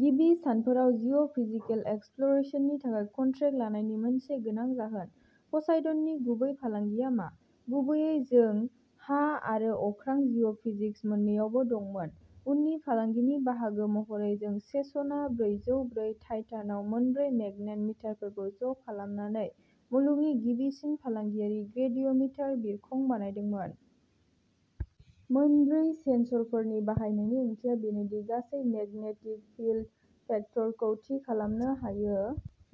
गिबि सानफोराव जिअ'फिजिकेल एक्सप्ल'रेसननि थाखाय कन्ट्रेक्ट लानायनि मोनसे गोनां जाहोन। प'साइडननि गुबै फालांगिया मा? गुबैयै जों हा आरो अख्रां जिअ' फिजिक्स मोन्नैआवबो दंमोन। उननि फालांगिनि बाहागो महरै जों सेसना ब्रैजौ ब्रै टाइटानआव मोनब्रै मेगनेट मिटारफोरखौ ज' खालामनानै मुलुगनि गिबिसिन फालांगियारि ग्रेडिय' मिटार बिरखं बानायदोंमोन। मोनब्रै सेन्स'रफोरनि बाहायनायनि ओंथिया बेनो दि गासै मेगनेटिक फील्ड भेक्टरखौ थि खालामनो हायो,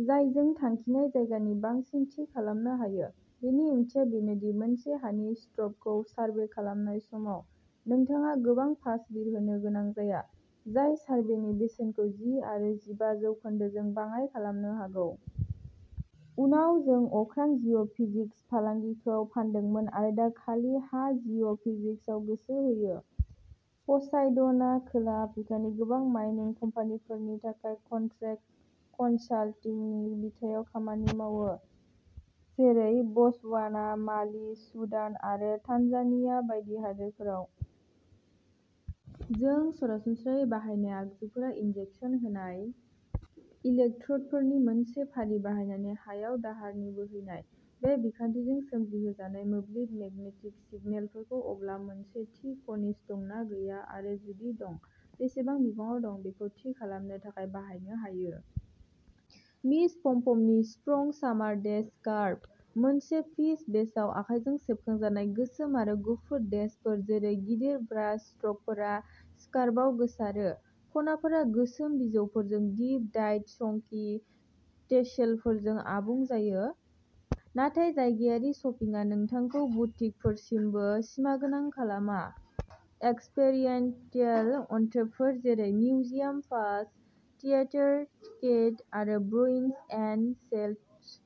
जायजों थांखिनाय जायगानि बांसिन थि खालामनो हायो। बेनि ओंथिया बेनो दि मोनसे हानि स्ट्रपखौ सारभे खालामनाय समाव नोंथाङा गोबां पास बिरहोनो गोनां जाया, जाय सार्भेनि बेसेनखौ जि आरो जिबा जौखोनदोजों बाङाइ खालामनो हागौ। उनाव जों अख्रां जिअ'फिजिक्स फालांगिखौ फानदोंमोन आरो दा खालि हा जिअ' फिजिक्सआव गोसो होयो। प'साइडनआ खोला आफ्रिकानि गोबां माइनिं कम्पानिफोरनि थाखाय कन्ट्रेक्ट कनसाल्टिंनि बिथायाव खामानि मावो, जेरै बत्सवाना, माली, सुदान आरो तान्जानिया बायदि हादोरफोराव। जों सरासनस्रायै बाहायनाय आगजुफोरा इन्जेक्सन होनाय। इलेक्ट्र'डफोरनि मोनसे फारि बाहायनानै हायाव दाहारनि बोहैनाय। बे बिखान्थिजों सोमजिहोजानाय मोब्लिब मेगनेटिक सिगनेलफोरखौ अब्ला मोनसे थि खनिज दं ना गैया आरो, जुदि दं, बेसेबां बिबाङाव दं बेखौ थि खालामनो थाखाय बाहायनो हायो। मिस पम्पमनि स्प्रिं सामार डेश स्कार्फ। मोनसे पीच बेसआव आखाइजों सेबखांजानाय, गोसोम आरो गुफुर डेशफोर जेरै गिदिर ब्रास स्ट्रकफोरा स्कार्फआव गोसारो। खनाफोरा गोसोम बिजौफोरजों डिप डाइड चंकी टेसेलफोरजों आबुं जायो। नाथाय जायगायारि शपिंआ नोंथांखौ बुटिकफोरसिमबो सिमागोनां खालामा एक्सपेरिएन्टियेल अनथोबफोर जेरै मिउजियाम पास, थियेटार टिकेट, आरो ब्रुइनस एन्ड सेल्टस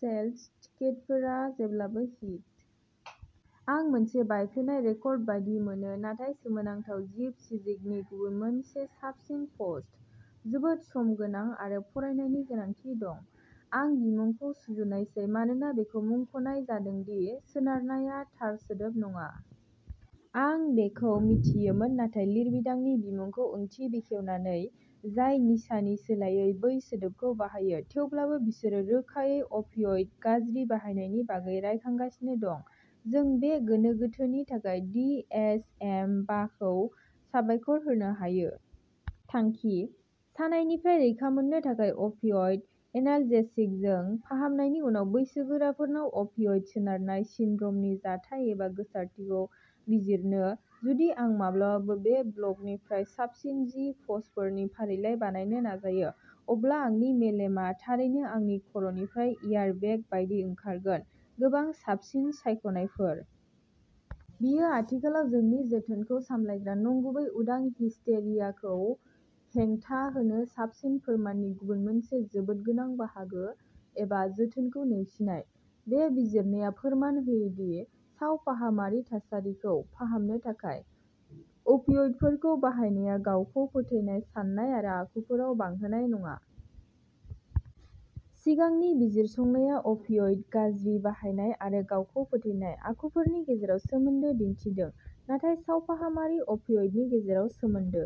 सेल्टस टिकेटफोरा जेब्लाबो हिट! आं मोनसे बायफ्लेनाय रेकर्ड बायदि मोनो, नाथाय सोमोनांथाव जिप सिजिकनि गुबुन मोनसे साबसिन पस्ट। जोबोद सम गोनां आरो फरायनायनि गोनांथि दं। आं बिमुंखौ सुजुनायसै मानोना बेखौ मुंख'नाय जादों दि "सोनारनाय" आ थार सोदोब नङा। आं बेखौ मिथियोमोन नाथाय लिरबिदांनि बिमुंखौ ओंथि बेखेवनानै, जाय निसानि सोलायै बै सोदोबखौ बाहायो, थेवब्लाबो बिसोरो रोखायै अफिय'इड गाज्रि बाहायनायनि बागै रायखांगासिनो दं। जों बे गोनो गोथोनि थाखाय दि एस एम बाखौ साबायखर होनो हायो। थांखिः सानायनिफ्राय रैखा मोननो थाखाय अफिय'इड एनाल्जेसिकजों फाहामनायनि उनाव बैसोगोराफोरनाव अफिय'इड सोनारनाय सिनड्रमनि जाथाय एबा गोसारथिखौ बिजिरनो। जुदि आं माब्लाबाबो बे ब्लगनिफ्राय साबसिन जि पस्टफोरनि फारिलाइ बानायनो नाजायो, अब्ला आंनि मेलेमआ थारैनो आंनि खर'निफ्राय एयारबेग बायदि ओंखारगोनः गोबां साबसिन सायख'नायफोर। बेयो आथिखालाव जोंनि जोथोनखौ सामलायग्रा नंगुबै उदां हिस्टेरियाखौ हेंथा होनो साबसिन फोरमाननि गुबुन मोनसे जोबोद गोनां बाहागो एबा जोथोनखौ नेवसिनाय। बे बिजिरनाया फोरमान होयो दि सावफाहामारि थासारिखौ फाहामनो थाखाय अफिय'इडफोरखौ बाहायनाया गावखौ फोथैनाय साननाय आरो आखुफोराव बांहोनाय नङा। सिगांनि बिजिरसंनाया अफिय'इड गाज्रि बाहायनाय आरो गावखौ फोथैनाय आखुफोरनि गेजेराव सोमोन्दो दिन्थिदों, नाथाय सावफाहामारि अफिय'इडनि गेजेराव सोमोन्दो।